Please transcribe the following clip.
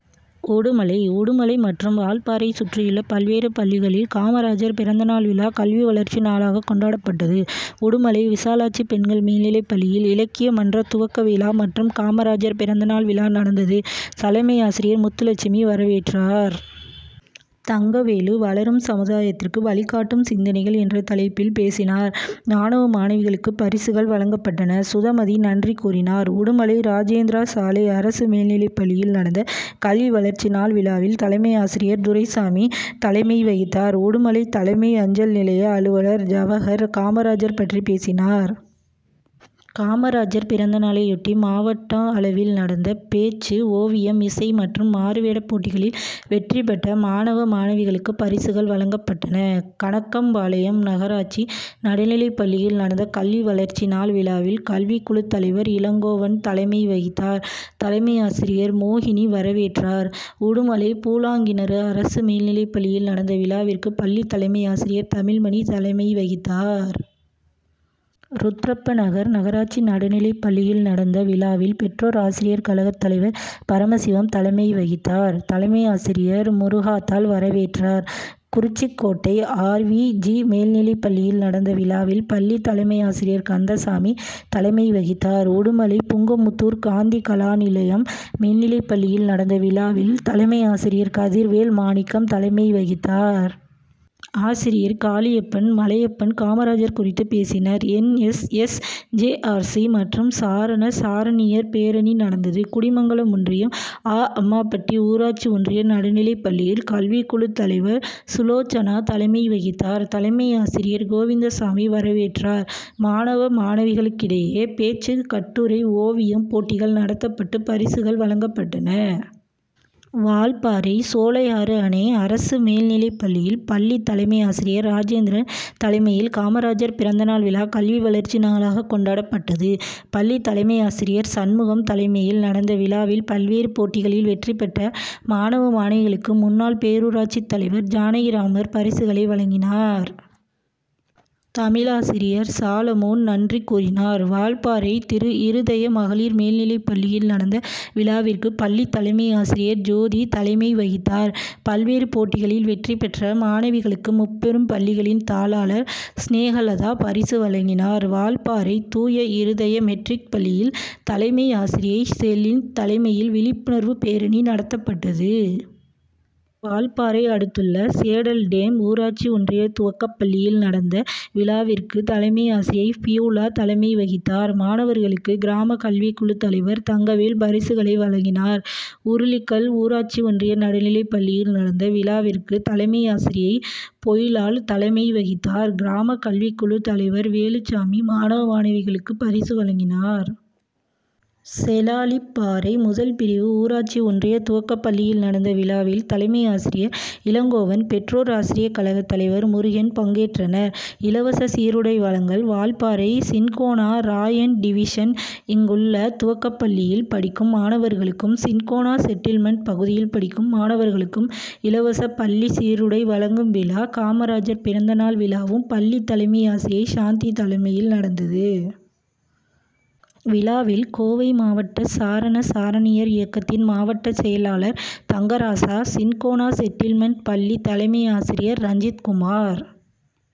உடுமலை உடுமலை மற்றும் வால்பாறை சுற்றியுள்ள பல்வேறு பள்ளிகளில் காமராஜர் பிறந்த நாள் விழா, கல்வி வளர்ச்சி நாளாக கொண்டாப்பட்டது. உடுமலை விசாலாட்சி பெண்கள் மேல்நிலைப்பள்ளியில், இலக் கிய மன்ற துவக்க விழா மற்றும் காமராஜர் பிறந்த நாள் விழா நடந்தது. தலைமையாசிரியர் முத்துலட்சுமி வரவேற்றார். தங்கவேலு வளரும் சமுதாயத்திற்கு வழிகாட்டும் சிந்தனைகள்' என்ற தலைப்பில், பேசினார். மாணவ, மாணவிகளுக்குப் பரிசுகள் வழங்க பட்டன. சுதமதி நன்றி கூறினார். உடுமலை ராஜேந்திரா சாலை அரசு மேல்நிலைப்பள்ளியில் நடந்த கல்வி வளர்ச்சி நாள் விழாவில், தலைமையாசிரியர் துரைசாமி தலைமை வகித்தார். உடுமலை தலைமை அஞ்சல் நிலைய அலுவலர் ஜவஹர் காமராஜர் பற்றி பேசினார். காமராஜர் பிறந்தநாளையொட்டி, மாவட்ட அளவில் நடந்த பேச்சு, ஓவியம், இசை மற்றும் மாறுவேடப்போட்டிகளில் வெற்றி பெற்ற மாணவ, மாணவிகளுக்குப் பரிசுகள் வழங்கப்பட்டன. கணக்கம்பாளையம் நகராட்சி நடுநிலைப்பள்ளியில் நடந்த கல்வி வளர்ச்சி நாள் விழாவில், கல்விக்குழுத்தலைவர் இளங்கோவன் தலைமை வகித்தார். தலைமையாசிரியர் மோகினி வரவேற்றார். உடுமலை பூலாங்கிணறு அரசு மேல்நிலைப்பள்ளியில் நடந்த விழாவிற்கு பள்ளி தலைமையாசிரியர் தமிழ்மணி தலைமை வகித்தார். ருத்தரப்ப நகர் நகராட்சி நடுநிலைப்பள்ளியில், நடந்த விழாவில் பெற்றோர் ஆசிரியர் கழக தலைவர் பரமசிவம் தலைமை வகித்தார். தலைமையாசிரியர் முருகாத்தாள் வரவேற்றார். குறிச்சிக்கோட்டை ஆர். வி. ஜி., மேல்நிலைப்பள்ளியில் நடந்த விழாவில், பள்ளி தலைமையாசிரியர் கந்தசாமி தலைமை வகித்தார். உடுமலை புங்கமுத்தூர் காந்தி கலா நிலையம் மேல்நிலைப்பள்ளியில் நடந்த விழாவில், தலைமையாசிரியர் கதிர்வேல் மாணிக்கம் தலைமை வகித்தார். ஆசிரியர் காளியப்பன், மலையப்பன் காமராஜர் குறித்து பேசினர். N. S. S., J. R. C., மற்றும் சாரண, சாரணியர் பேரணி நடந்தது. குடிமங்கலம் ஒன்றியம் ஆ. அம்மாபட்டி ஊராட்சி ஒன்றிய நடுநிலைப்பள்ளியில் கல்விக்குழுத்தலைவர் சுலோச்சனா தலைமை வகித்தார். தலைமையாசிரியர் கோவிந்தசாமி வரவேற்றார். மாணவ, மாணவிகளுக்கிடையே பேச்சு, கட்டுரை, ஓவியம் போட்டிகள் நடத்தப்பட்டு, பரிசுகள் வழங்கப்பட்டன. வால்பாறை சோலையாறு அணை அரசு மேல்நிலைப்பள்ளியில் பள்ளி தலைமை ஆசிரியர் ராஜேந்திரன் தலைமையில் காமராஜர் பிறந்த நாள் விழா, கல்வி வளர்ச்சி நாளாக கொண்டாப்பட்டது. பள்ளி தலைமை ஆசிரியர் சண்முகம் தலைமையில் நடந்த விழாவில் பல்வேறு போட்டிகளில் வெற்றி பெற்ற மாணவ, மாணவிகளுக்கு முன்னாள் பேரூராட்சித்தலைவர் ஜானகிராமர் பரிசுகளை வழங்கினார். தமிழாசிரியர் சாலமோன் நன்றி கூறினார். வால்பாறை திருஇருதய மகளிர் மேல்நிலைப்பள்ளியில் நடந்த விழாவிற்கு பள்ளி தலைமை ஆசிரியர் ஜோதி தலைமை வகித்தார். பல்வேறு போட்டிகளில் வெற்றி பெற்ற மாணவிகளுக்கு முப்பெரும் பள்ளிகளின் தாளாளர் ஸ்நேகலதா பரிசு வழங்கினார். வால்பாறை தூய இருதய மெட்ரிக் பள்ளியில் தலைமை ஆசிரியை செலின் தலைமையில் விழிப்புணர்வு பேரணி நடத்தப் பட்டது. வால்பாறை அடுத்துள்ள சேடல்டேம் ஊராட்சி ஒன்றிய துவக்கப்பள்ளியில் நடந்த விழாவிற்கு தலைமை ஆசிரியை பியூலா தலைமை வகித்தார். மாணவர்களுக்கு கிராம கல்விக்குழு தலைவர் தங்கவேல் பரிசுகளை வழங்கினார். உருளிக்கல் ஊராட்சி ஒன்றிய நடுநிலைப்பள்ளியில் நடந்த விழாவிற்கு தலைமை ஆசிரியை பொய்லாள் தலைமை வகித்தார். கிராம கல்விக்குழு தலைவர் வேலுச்சாமி மாணவ, மாணவிகளுக்கு பரிசு வழங்கினார். செலாளிப்பாறை முதல்பிரிவு ஊராட்சி ஒன்றிய துவக்கபள்ளியில் நடந்த விழாவில் தலைமை ஆசிரியர் இளங்கோவன், பெற்றோர் ஆசிரியர் கழக தலைவர் முருகன் பங்கேற்றனர். இலவச சீருடை வழங்கல் வால் பாறை, சின்கோனா ராயான் டிவிஷன். இங்குள்ள துவக்கப்பள்ளியில் படிக்கும் மாணவர்களுக்கும், சின்கோனா செட்டில்மெண்ட் பகுதியில் படிக்கும் மாணவர் களுக்கும் இலவச பள்ளி சீருடை வழங்கும் விழா, காமராஜர் பிறந்த நாள் விழாவும் பள்ளி தலைமை ஆசிரியை சாந்தி தலைமையில் நடந்தது. விழாவில் கோவை மாவட்ட சாரண, சாரணியர் இயக்கத்தின் மாவட்ட செயலாளர் தங்கராசா, சின்கோனா செட்டில்மெண்ட் பள்ளி தலைமை ஆசிரியர் ரஞ்சித் குமார்